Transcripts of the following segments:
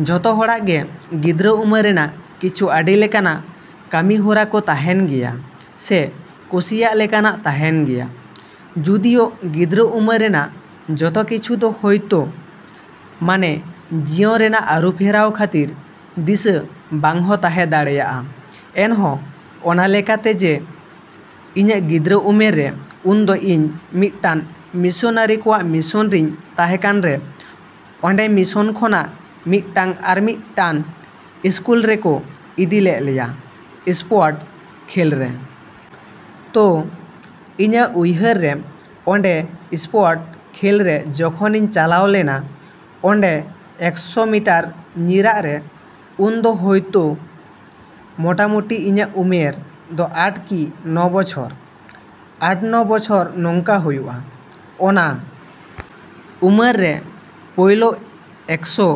ᱡᱚᱛᱚ ᱦᱚᱲᱟᱜ ᱜᱮ ᱜᱤᱫᱽᱨᱟᱹ ᱩᱢᱟᱹᱨ ᱨᱮᱱᱟᱜ ᱠᱤᱪᱷᱩ ᱟᱹᱰᱤ ᱞᱮᱠᱟᱱᱟᱜ ᱠᱟᱹᱢᱤ ᱦᱚᱨᱟ ᱠᱚ ᱛᱟᱦᱮᱱ ᱜᱮᱭᱟ ᱥᱮ ᱠᱩᱥᱤᱭᱟᱜ ᱞᱮᱠᱟᱱᱟᱜ ᱛᱟᱦᱮᱱ ᱜᱮᱭᱟ᱾ ᱡᱚᱫᱤᱭᱳ ᱜᱤᱫᱽᱨᱟᱹ ᱩᱢᱟᱹᱨ ᱨᱮᱱᱟᱜ ᱡᱚᱛᱚ ᱠᱤᱪᱷᱩ ᱫᱚ ᱦᱚᱭᱛᱳ ᱢᱟᱱᱮ ᱡᱤᱭᱚᱱ ᱨᱮᱱᱟᱜ ᱟᱹᱨᱩ ᱯᱷᱮᱨᱟᱣ ᱠᱷᱟᱹᱛᱤᱨ ᱫᱤᱥᱟᱹ ᱵᱟᱝ ᱦᱚᱸ ᱛᱟᱦᱮᱸ ᱫᱟᱲᱮᱭᱟᱜᱼᱟ, ᱮᱱᱦᱚᱸ ᱚᱱᱟ ᱞᱮᱠᱟᱛᱮ ᱡᱮ ᱤᱧᱟᱹᱜ ᱜᱤᱫᱽᱨᱟᱹ ᱩᱢᱮᱨ ᱨᱮ ᱩᱱ ᱫᱚ ᱤᱧ ᱢᱤᱫᱴᱟᱱ ᱢᱤᱥᱚᱱᱟᱹᱨᱤ ᱠᱚᱣᱟᱜ ᱢᱤᱥᱚᱱ ᱨᱮᱧ ᱛᱟᱦᱮᱸ ᱠᱟᱱ ᱨᱮ ᱚᱸᱰᱮ ᱢᱤᱥᱚᱱ ᱠᱷᱚᱱᱟᱜ ᱢᱤᱫ ᱴᱟᱝ ᱟᱨ ᱢᱤᱫᱴᱟᱱ ᱤᱥᱠᱩᱞ ᱨᱮᱠᱚ ᱤᱫᱤ ᱞᱮᱜ ᱞᱮᱭᱟ ᱮᱥᱯᱳᱨᱴᱥ ᱠᱷᱮᱞ ᱨᱮ᱾ ᱛᱳ ᱤᱧᱟᱹᱜ ᱩᱭᱦᱟᱹᱨ ᱨᱮ ᱚᱸᱰᱮ ᱮᱥᱯᱳᱨᱴᱥ ᱠᱷᱮᱞ ᱨᱮ ᱡᱚᱠᱷᱚᱱᱤᱧ ᱪᱟᱞᱟᱣ ᱞᱮᱱᱟ ᱚᱸᱰᱮ ᱮᱠᱥᱳ ᱢᱤᱴᱟᱨ ᱧᱤᱨᱟᱜ ᱨᱮ ᱩᱱ ᱫᱚ ᱦᱳᱭᱛᱳ ᱢᱳᱴᱟᱢᱩᱴᱤ ᱤᱧᱟᱹᱜ ᱩᱢᱮᱨ ᱫᱚ ᱟᱴ ᱠᱤ ᱱᱚ ᱵᱚᱪᱷᱚᱨ, ᱟᱴ ᱱᱚ ᱵᱚᱪᱷᱚᱨ ᱱᱚᱝᱠᱟ ᱦᱩᱭᱩᱜ-ᱟ᱾ ᱚᱱᱟ ᱩᱢᱟᱹᱨ ᱨᱮ ᱯᱳᱭᱞᱳ ᱮᱠᱥᱳ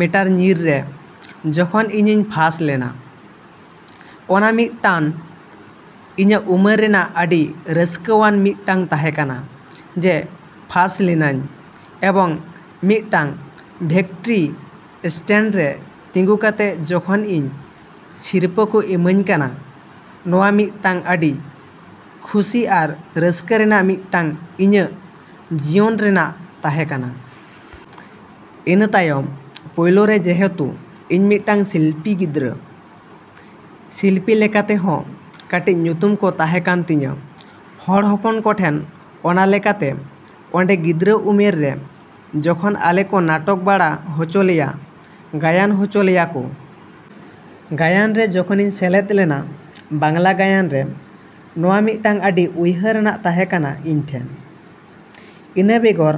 ᱢᱤᱴᱟᱨ ᱧᱤᱨ ᱨᱮ ᱡᱚᱠᱷᱚᱱ ᱤᱧᱤᱧ ᱯᱷᱟᱥᱴ ᱞᱮᱱᱟ ᱚᱱᱟ ᱢᱤᱫᱴᱟᱱ ᱤᱧᱟᱹᱜ ᱩᱢᱟᱹᱨ ᱨᱮᱱᱟᱜ ᱟᱹᱰᱤ ᱨᱟᱹᱥᱠᱟᱹᱣᱟᱱ ᱢᱤᱫᱴᱟᱝ ᱛᱟᱦᱮᱸ ᱠᱟᱱᱟ ᱡᱮ ᱯᱷᱟᱥᱴ ᱞᱮᱱᱟᱧ ᱮᱵᱚᱝ ᱢᱤᱫᱴᱟᱝ ᱵᱷᱤᱠᱴᱨᱤ ᱮᱥᱴᱮᱱᱰ ᱨᱮ ᱛᱤᱸᱜᱩ ᱠᱟᱛᱮᱜ ᱡᱚᱠᱷᱚᱱ ᱤᱧ ᱥᱤᱨᱯᱟᱹ ᱠᱚ ᱤᱢᱟᱹᱧ ᱠᱟᱱᱟ ᱱᱚᱣᱟ ᱢᱤᱫᱴᱟᱱ ᱟᱹᱰᱤ ᱠᱷᱩᱥᱤ ᱟᱨ ᱨᱟᱹᱥᱠᱟᱹ ᱨᱮᱱᱟᱜ ᱢᱤᱫᱴᱟᱝ ᱤᱧᱟᱹᱜ ᱡᱤᱭᱚᱱ ᱨᱮᱱᱟᱜ ᱛᱟᱦᱮᱸ ᱠᱟᱱᱟ᱾ ᱤᱱᱟᱹ ᱛᱟᱭᱚᱢ ᱯᱳᱭᱞᱳ ᱨᱮ ᱡᱮᱦᱮᱛᱩ ᱤᱧ ᱢᱤᱫᱴᱟᱱ ᱥᱤᱞᱯᱤ ᱜᱤᱫᱽᱨᱟᱹ, ᱥᱤᱞᱯᱤ ᱞᱮᱠᱟ ᱛᱮᱦᱚᱸ ᱠᱟᱹᱴᱤᱡ ᱧᱩᱛᱩᱢ ᱠᱚ ᱛᱟᱦᱮᱸ ᱠᱟᱱ ᱛᱤᱧᱟᱹ ᱦᱚᱲ ᱦᱚᱯᱚᱱ ᱠᱚᱴᱷᱮᱱ ᱚᱱᱟ ᱞᱮᱠᱟᱛᱮ ᱚᱸᱰᱮ ᱜᱤᱫᱽᱨᱟᱹ ᱩᱢᱮᱨ ᱨᱮ ᱡᱚᱠᱷᱚᱱ ᱟᱞᱮ ᱠᱚ ᱱᱟᱴᱚᱠ ᱵᱟᱲᱟ ᱦᱚᱪᱚ ᱞᱮᱭᱟ, ᱜᱟᱭᱟᱱ ᱦᱚᱪᱚ ᱞᱮᱭᱟ ᱠᱚ᱾ ᱜᱟᱭᱟᱱ ᱨᱮ ᱡᱚᱠᱷᱚᱱᱤᱧ ᱥᱮᱞᱮᱫ ᱞᱮᱱᱟ ᱵᱟᱝᱞᱟ ᱜᱟᱭᱟᱱ ᱨᱮ ᱱᱚᱣᱟ ᱢᱤᱫᱴᱟᱱ ᱟᱹᱰᱤ ᱩᱭᱦᱟᱹᱨᱟᱱᱟᱜ ᱛᱟᱦᱮᱸ ᱠᱟᱱᱟ ᱤᱧ ᱴᱷᱮᱱ᱾ ᱤᱱᱟᱹ ᱵᱮᱜᱚᱨ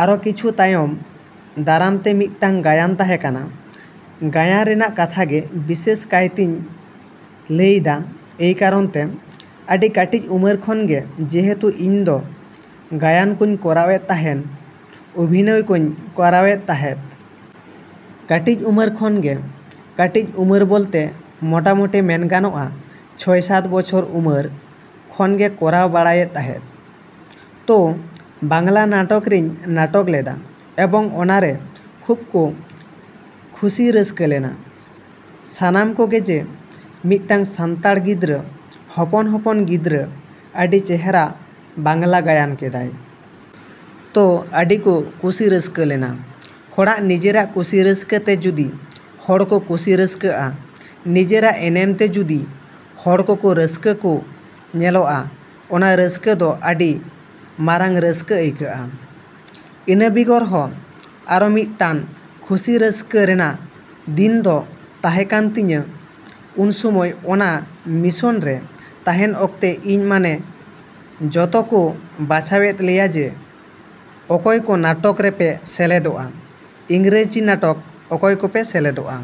ᱟᱨᱚ ᱠᱤᱪᱷᱩ ᱛᱟᱭᱚᱢ ᱫᱟᱨᱟᱢ ᱛᱮ ᱢᱤᱫᱴᱟᱱ ᱜᱟᱭᱟᱱ ᱛᱟᱦᱮᱸ ᱠᱟᱱᱟ᱾ ᱜᱟᱭᱟᱱ ᱨᱮᱱᱟᱜ ᱠᱟᱛᱷᱟ ᱜᱮ ᱵᱤᱥᱮᱥ ᱠᱟᱭ ᱛᱤᱧ ᱞᱟᱹᱭᱫᱟ ᱮᱭ ᱠᱟᱨᱚᱱ ᱛᱮ ᱟᱹᱰᱤ ᱠᱟᱹᱴᱤᱡ ᱩᱢᱟᱹᱨ ᱠᱷᱚᱱ ᱜᱮ ᱡᱮᱦᱮᱛᱩ ᱤᱧ ᱫᱚ ᱜᱟᱭᱟᱱ ᱠᱚᱧ ᱠᱚᱨᱟᱣ ᱮᱫ ᱛᱟᱦᱮᱱ, ᱚᱵᱷᱤᱱᱚᱭ ᱠᱚᱧ ᱠᱚᱨᱟᱣᱮᱫ ᱛᱟᱦᱮᱸᱫ᱾ ᱠᱟᱹᱴᱤᱡ ᱩᱢᱟᱹᱨ ᱠᱷᱚᱱ ᱜᱮ, ᱠᱟᱹᱴᱤᱡ ᱩᱢᱟᱹᱨ ᱵᱚᱞᱛᱮ ᱢᱚᱴᱟᱢᱩᱴᱤ ᱢᱮᱱ ᱜᱟᱱᱚᱜ-ᱟ ᱪᱷᱚᱭ ᱥᱟᱛ ᱵᱚᱪᱷᱚᱨ ᱩᱢᱟᱹᱨ ᱠᱷᱚᱱ ᱜᱮ ᱠᱚᱨᱟᱣ ᱵᱟᱲᱟᱭᱮᱫ ᱛᱟᱦᱮᱸᱜ᱾ ᱛᱳ ᱵᱟᱝᱞᱟ ᱱᱟᱴᱚᱠ ᱨᱤᱧ ᱱᱟᱴᱚᱠ ᱞᱮᱫᱟ ᱮᱵᱚᱝ ᱚᱱᱟᱨᱮ ᱠᱷᱩᱵᱽ ᱠᱚ ᱠᱷᱩᱥᱤ ᱨᱟᱹᱥᱠᱟᱹ ᱞᱮᱱᱟ ᱥᱟᱱᱟᱢ ᱠᱚᱜᱮ ᱡᱮ ᱢᱤᱫᱴᱟᱱ ᱥᱟᱱᱛᱟᱲ ᱜᱤᱫᱽᱨᱟᱹ ᱦᱚᱯᱚᱱ ᱦᱚᱯᱚᱱ ᱜᱤᱫᱽᱨᱟᱹ ᱟᱹᱰᱤ ᱪᱮᱦᱨᱟ ᱵᱟᱝᱞᱟ ᱜᱟᱭᱟᱱ ᱠᱮᱫᱟᱭ᱾ ᱛᱳ ᱟᱹᱰᱤ ᱠᱚ ᱠᱩᱥᱤ ᱨᱟᱹᱥᱠᱟᱹ ᱞᱮᱱᱟ᱾ ᱦᱚᱲᱟᱜ ᱱᱤᱡᱮᱨᱟᱜ ᱠᱩᱥᱤ ᱨᱟᱹᱥᱠᱟᱹ ᱛᱮ ᱡᱚᱫᱤ ᱦᱚᱲ ᱠᱚ ᱠᱩᱥᱤ ᱨᱟᱹᱥᱠᱟᱹᱜ-ᱟ, ᱱᱤᱡᱮᱨᱟᱜ ᱮᱱᱮᱢ ᱛᱮ ᱡᱩᱫᱤ ᱦᱚᱲ ᱠᱚᱠᱚ ᱨᱟᱹᱥᱠᱟᱹ ᱠᱚ ᱧᱮᱞᱚᱜ-ᱟ ᱚᱱᱟ ᱨᱟᱹᱥᱠᱟᱹ ᱫᱚ ᱟᱹᱰᱤ ᱢᱟᱨᱟᱝ ᱨᱟᱹᱥᱠᱟᱹ ᱟᱹᱭᱠᱟᱹᱜᱼᱟ᱾ ᱤᱱᱟᱹ ᱵᱮᱜᱚᱨ ᱦᱚᱸ ᱟᱨᱚ ᱢᱤᱫᱴᱟᱱ ᱠᱷᱩᱥᱤ ᱨᱟᱹᱥᱠᱟᱹ ᱨᱮᱱᱟᱜ ᱫᱤᱱ ᱫᱚ ᱛᱟᱦᱮᱸ ᱠᱟᱱ ᱛᱤᱧᱟᱹ ᱩᱱ ᱥᱚᱢᱚᱭ ᱚᱱᱟ ᱢᱤᱥᱚᱱ ᱨᱮ ᱛᱟᱦᱮᱱ ᱚᱠᱛᱚ ᱤᱧ ᱢᱟᱱᱮ ᱡᱚᱛᱚ ᱠᱚ ᱵᱟᱪᱷᱟᱣᱮᱫ ᱞᱮᱭᱟ ᱡᱮ ᱚᱠᱚᱭ ᱠᱚ ᱱᱟᱴᱚᱠ ᱨᱮᱯᱮ ᱥᱮᱞᱮᱫᱚᱜ-ᱟ, ᱤᱝᱨᱮᱡᱤ ᱱᱟᱴᱚᱠ ᱚᱠᱚᱭ ᱠᱚᱯᱮ ᱥᱮᱞᱮᱫᱚᱜ-ᱟ?